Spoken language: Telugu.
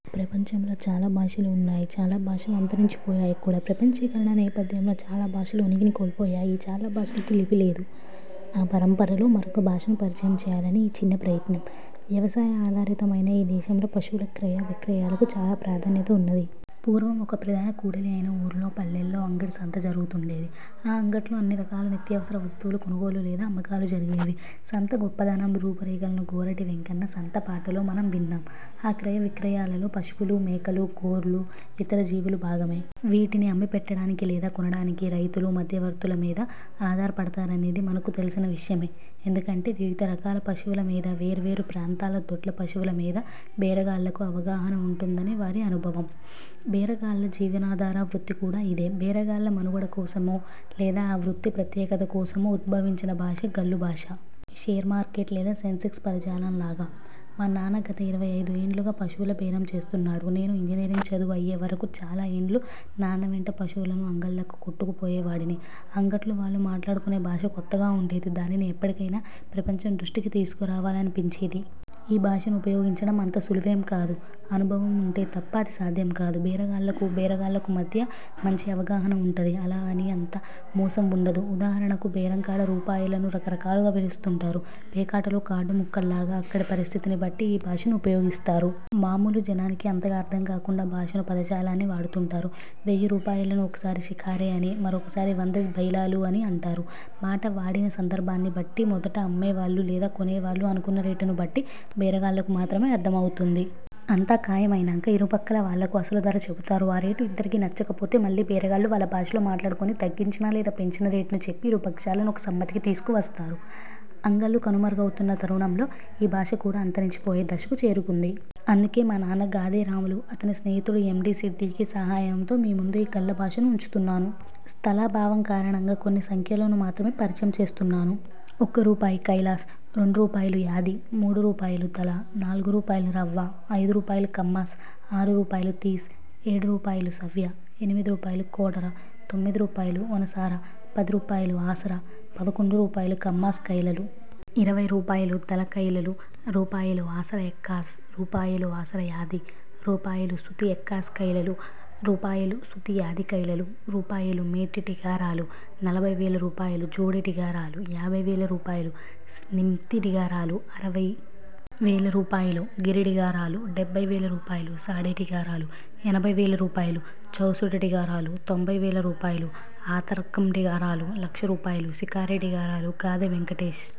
ప్రపంచంలో చాలా భాషలు ఉన్నాయి. చాలా భాషలు అంతరించి పోయాయి కూడా. ప్రపంచీకరణ నేపథ్యంలో చాలా భాషలు ఉనికిని కోల్పోయాయి. చాలా భాషలకు లిపి లేదు. ఆ పరంపరలో మరొక భాషను పరిచయం చేయాలని ఈ చిన్న ప్రయత్నం. వ్యవసాయ ఆధారితమైన ఈ దేశంలో పశువుల క్రయ విక్రయాలకు చాలా ప్రాధాన్యత ఉన్నది. పూర్వం ఒక ప్రధాన కూడలి అయిన ఊర్లో, పల్లెల్లో అంగడి సంత జరుగుతుండేది. ఆ అంగట్లో అన్ని రకాల నిత్యావసర వస్తువుల కొనుగోలు లేదా అమ్మకాలు జరిగేవి. సంత గొప్పదనం, రూపు రేఖలను గోరటి వెంకన్న సంత పాటలో మనం విన్నాం. ఆ క్రయ విక్రయాలలో పశువులు, మేకలు, గొర్లు, ఇతర జీవులు భాగమే. వీటిని అమ్మి పెట్టడానికి లేదా కొనడానికి రైతులు మధ్యవర్తుల మీద ఆధారపడతారనేది మనకు తెలిసిన విషయమే. ఎందుకంటే, వివిధ రకాల పశువులమీద, వేర్వేరు ప్రాంతాల దొడ్ల పశువులమీద బేరగాళ్ళకు అవగాహన ఉంటుందని వారి అనుభవం. బేరగాళ్ళ జీవనాధార వృత్తి కూడా ఇదే. బేరగాళ్ళ మనుగడ కోసమో, లేదా ఆ వృత్తి ప్రత్యేకత కోసమో ఉద్భవించిన భాష 'గళ్లు భాష'. షేర్మార్కెట్ లేదా సెన్సెక్స్ పదజాలం లాగా. మా నాన్న గత ఇరవై ఐదు ఏండ్లుగా పశువుల బేరం చేస్తున్నాడు. నేను ఇంజనీరింగ్ చదువు అయ్యే వరకు చాలా ఏండ్లు నాన్నవెంట పశువులను అంగళ్ళకు కొట్టుకు పోయేవాడిని. అంగట్లో వాళ్ళు మాట్లాడుకొనే భాష కొత్తగా ఉండేది. దానిని ఎప్పటికైనా ప్రపంచం దృష్టికి తీసుకురావాలనిపించేది. ఈ భాషను ఉపయోగించడం అంత సులువేం కాదు. అనుభవం ఉంటే తప్ప అది సాధ్యం కాదు. బేరగాళ్ళకు, బేరగాళ్లకు మధ్య మంచి అవగాహన ఉంటది. అలా అని అంతా మోసం ఉండదు. ఉదాహరణకు బేరంకాడ రూపాయలను రకరకాలుగా పిలుస్తుంటరు. పేకాటలో కార్డు ముక్కల్లాగా అక్కడి పరిస్థితిని బట్టి ఈ భాషను ఉపయోగిస్తారు. మామూలు జనానికి అంతగా అర్థంకాకుండా భాషను, పదజాలాన్నీ వాడుతుంటారు. వెయ్యి రూపాయలను ఒకసారి 'శికారే' అనీ, మరొకసారి 'వంద బైలాలు' అనీ అంటారు. మాట వాడిన సందర్భాన్ని బట్టి మొదట అమ్మేవాళ్ళు లేదా కొనేవాళ్ళు అనుకున్న రేటును బట్టి బేర గాళ్లకు మాత్రమే అర్థం అవుతుంది. అంతా ఖాయం అయినంక ఇరుపక్కల వాళ్ళకు అసలు ధర చెబుతారు. ఆ రేటు ఇద్దరికీ నచ్చక పోతే మళ్ళీ బేరగాళ్ళు వాళ్ళ భాషలో మాట్లాడుకొని తగ్గించిన లేదా పెంచిన రేటును చెప్పి ఇరుపక్షాలనూ ఒక సమ్మతికి తీసుకు వస్తారు. అంగళ్లు కనుమరుగవుతున్న తరుణంలో ఈ భాష కూడా అంతరించిపోయే దశకు చేరుకుంది. అందుకే, మా నాన్న గాదె రాములు, అతని స్నేహితుడు ఎండీ సిద్దిఖీ సహాయంతో మీ ముందు ఈ గళ్ళ భాషను ఉంచుతున్నాను. స్థలాభావం కారణంగా కొన్ని సంఖ్యలను మాత్రమే పరిచయం చేస్తున్నాను. ఒక రూపాయి ,ఖైలాస్, రెండు రూపాయలు ,యాది, మూడురూపాయలు, దళ, నాలుగు రూపాయలు ,రవ్వ, ఐదు రూపాయలు ,ఖమ్మస్, ఆరు రూపాయలు ,తీస్, ఏడురూపాయలు ,సవ్య, ఎనిమిది రూపాయలు ,కోటర, తొమ్మిది రూపాయలు ,ఒనసార, పది రూపాయలు ,ఆసరా పదకొండు రూపాయలు, ఖమ్మస్ ఖైలలు. ఇరవై రూపాయలు, దళ ఖైలలు, రూపాయలు ఆసర ఎక్కాస్, రూపాయలు ,ఆసర యాది, రూపాయలు ,సుతి ఎక్కాస్ ఖైలలు, రూపాయలు, సుతి యాది ఖైలలు, రూపాయలు ,మేటి డిగారాలు, నలభై వేల రూపాయలు, జోడి డిగారాలు, యాభై వేల రూపాయలు, నిమ్తి డిగారాలు, అరవై వేల రూపాయలు ,గిరి డిగారాలు, డెబ్బై వేల రూపాయలు ,సాడె డిగారాలు, ఎనభై వేల రూపాయలు ,చౌసుట్టి డిగారాలు, తొంభై వేల రూపాయలు ,ఆతర్కమ్ డిగారాలు, లక్ష రూపాయలు, శికారె డిగారాలు, గాదె వెంకటేశ్